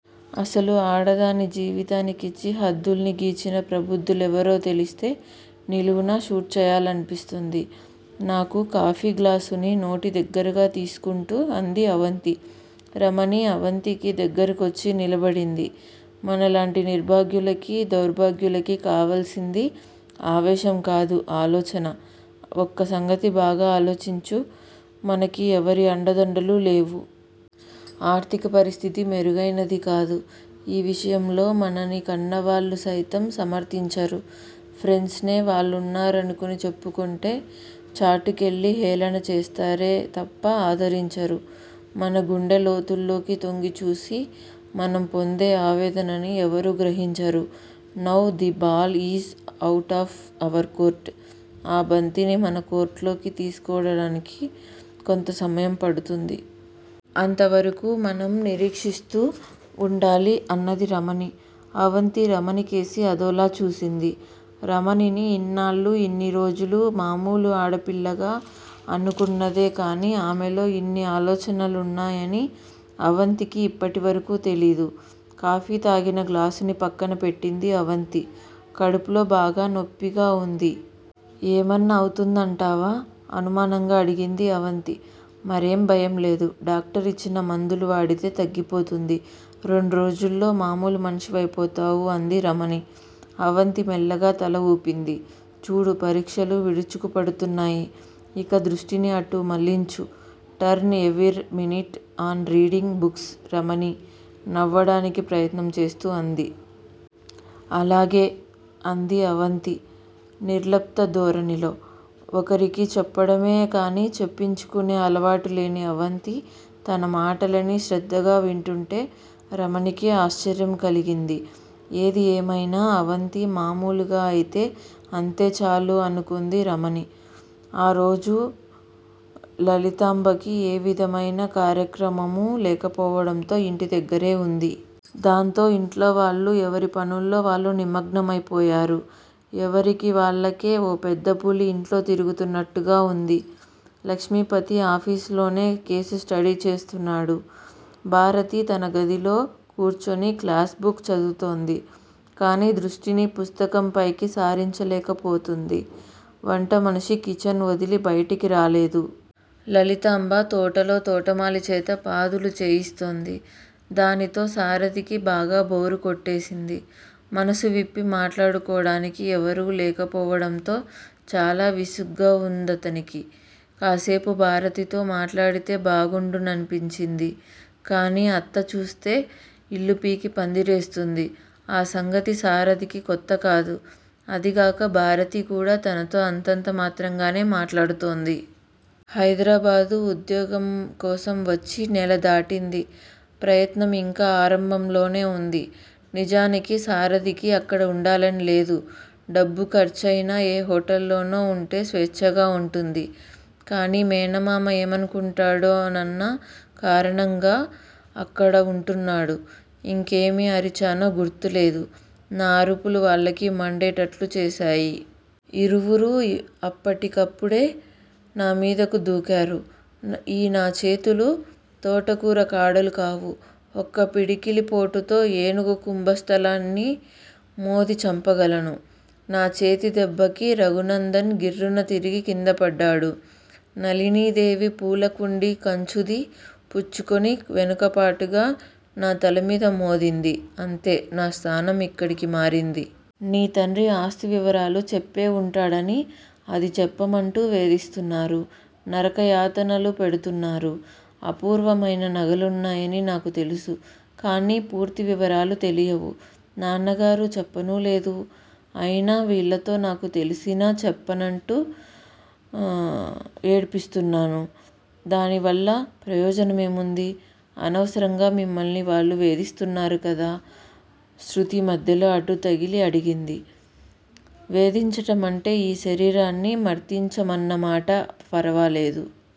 అసలు ఆడదాని జీవితానికిచ్చి హద్దుల్ని గీచిన ప్రబుద్ధులెవరో తెలిస్తే నిలువునా షూట్ చెయ్యాలనిపిస్తోంది. నాకు కాఫీ గ్లాసుని నోటి దగ్గరగా తీసుకొంటూ అంది అవంతి. రమణి అవంతికి దగ్గరకొచ్చి నిలబడింది. మనలాంటి నిర్భాగ్యులకీ, దౌర్భాగ్యులకీ కావల్సింది ఆవేశం కాదు ఆలోచన. ఒక్క సంగతి బాగా ఆలోచించు. మనకి ఎవరి అండ దండలూ లేవు. ఆర్థిక పరిస్థితి మెరుగైనదీకాదు. ఈ విషయంలో మనని కన్నవాళ్ళు సైతం సమర్థించరు. ఫ్రెండ్సనే వాళ్ళున్నారనుకొని చెప్పుకొంటే చాటుకెళ్ళి హేళనచేస్తారే తప్ప ఆదరించరు. మన గుండెలోతుల్లోకి తొంగిచూసి మనం పొందే ఆవేదనని ఎవరూ గ్రహించరు. Now the ball is out of our court, ఆ బంతిని మన కోర్టులోకి తీసుకోడడానికి కొంత సమయం పడుతుంది. అంతవరకూ మనం నిరీక్షిస్తూ వుండాలి అన్నది రమణి. అవంతి రమణికేసి అదోలా చూసింది. రమణిని ఇన్నాళ్ళూ, ఇన్ని రోజులూ, మామూలు ఆడపిల్లగా అనుకున్నదే కానీ ఆమెలో ఇన్ని ఆలోచనలున్నాయని అవంతికి ఇప్పటివరకూ తెలీదు. కాఫీ తాగిన గ్లాసుని పక్కన పెట్టింది అవంతి. కడుపులో బాగా నొప్పిగా వుంది. ఏమన్నా అవుంతుందంటావా? అనుమానంగా అడిగింది అవంతి. మరేం భయంలేదు. డాక్టరిచ్చిన మందులు వాడితే తగ్గిపోతుంది. రెండు రోజుల్లో మామూలు మనిషివైపోతావు అంది రమణి. అవంతి మెల్లగా తల వూపింది. చూడు, పరీక్షలు విరుచుకుపడుతున్నాయి. ఇక దృష్టిని అటు మళ్ళించు. Turn every minute on reading books Ramani నవ్వడానికి ప్రయత్నం చేస్తూ అంది. అలాగే! అంది అవంతి నిర్లిప్త ధోరణిలో. ఒకరికి చెప్పడమే కానీ చెప్పించుకొనే అలవాటులేని అవంతి తన మాటలని శ్రద్ధగా వింటూంటే రమణికే ఆశ్చర్యం కలిగింది. ఏది ఏమైనా 'అవంతి' మామూలుగా అయితే అంతేచాలు అనుకొంది రమణి. ఆ రోజు లలితాంబకి ఏ విధమైన కార్యక్రమమూ లేకపోవడంతో ఇంటి దగ్గరే వుంది. దాంతో ఇంట్లోవాళ్ళు ఎవరి పనుల్లో వాళ్ళు నిమగ్నమయిపోయారు ఎవరికి వాళ్ళకే ఓ పెద్దపులి ఇంట్లో తిరుగుతున్నట్టుగా ఉంది. లక్ష్మిపతి ఆఫీసులోనే కేసు స్టడీ చేస్తున్నాడు. భారతి తన గదిలో కూర్చుని క్లాస్ బుక్ చదువుతోంది. కానీ దృష్టిని పుస్తకం పైకి సారించలేకపోతోంది. వంటమనిషి కిచెన్ వదిలి బయటికి రాలేదు. లలితాంబ తోటలో తోటమాలిచేత పాదులు చేయిస్తోంది. దానితో సారధికి బాగా బోరు కొట్టేసింది. మనస్సు విప్పి మాట్లాడుకోడానికి ఎవరూ లేకపోవడంతో చాలా విసుగ్గా ఉందతనికి. కాస్సేపు భారతితో మాట్లాడితే బాగుండుననిపించింది కానీ 'అత్త' చూస్తే ఇల్లు పీకి పందిరేస్తుంది. ఆ సంగతి సారథికి కొత్తకాదు. అదీగాక భారతి కూడా తనతో అంతంత మాత్రంగానే మాట్లాడుతోంది. హైదరాబాదు ఉద్యోగం కోసం వచ్చి నెల దాటింది. ప్రయత్నం ఇంకా ఆరంభంలోనే వుంది. నిజానికి సారథికి అక్కడ ఉండాలని లేదు. డబ్బు ఖర్చయినా ఏ హోటల్లోనో ఉంటే స్వేచ్ఛగా ఉంటుంది. కానీ, మేనమామ ఏమనుకుంటాడోనన్న కారణంగా అక్కడ ఉంటున్నాడు. ఇంకేమి అరిచానో గుర్తులేదు. నా అరుపులు వాళ్ళకి మండేటట్లు చేశాయి. ఇరువరూ అప్పటి కప్పుడే నామీదకు దూకారు. ఈ నాచేతులు తోటకూర కాడలు కావు. ఒక్క పిడికిలిపోటుతో ఏనుగు కుంభస్థలాన్ని మోది చంపగలను. నా చేతి దెబ్బకి రఘునందన్ గిర్రున తిరిగి కిందపడ్డాడు. నళినీదేవి పూలకుండీ కంచుది పుచ్చుకుని వెనుకపాటుగా నా తలమీద మోదింది. అంతే, నా స్థానం ఇక్కడికి మారింది. నీ తండ్రి ఆస్తి వివరాలు చెప్పేవుంటాడని అది చెప్పమంటూ వేధిస్తూన్నారు. నరకయాతనలు పెడుతున్నారు. అపూర్వమైన నగలున్నాయని నాకు తెలుసు. కానీ పూర్తి వివరాలు తెలియవు. నాన్నగారు చెప్పనూలేదు. అయినా వీళ్ళతో నాకు తెలిసినా చెప్పనంటూ ఏడ్పిస్తున్నాను దానివల్ల ప్రయోజనం ఏముంది. అనవసరంగా మిమ్మల్ని వాళ్ళు వేధిస్తున్నారుకదా? శృతి మధ్యలో అడ్డుతగిలి అడిగింది. వేధించటమంటే ఈ శరీరాన్ని మర్థించమన్నమాట ఫరవాలేదు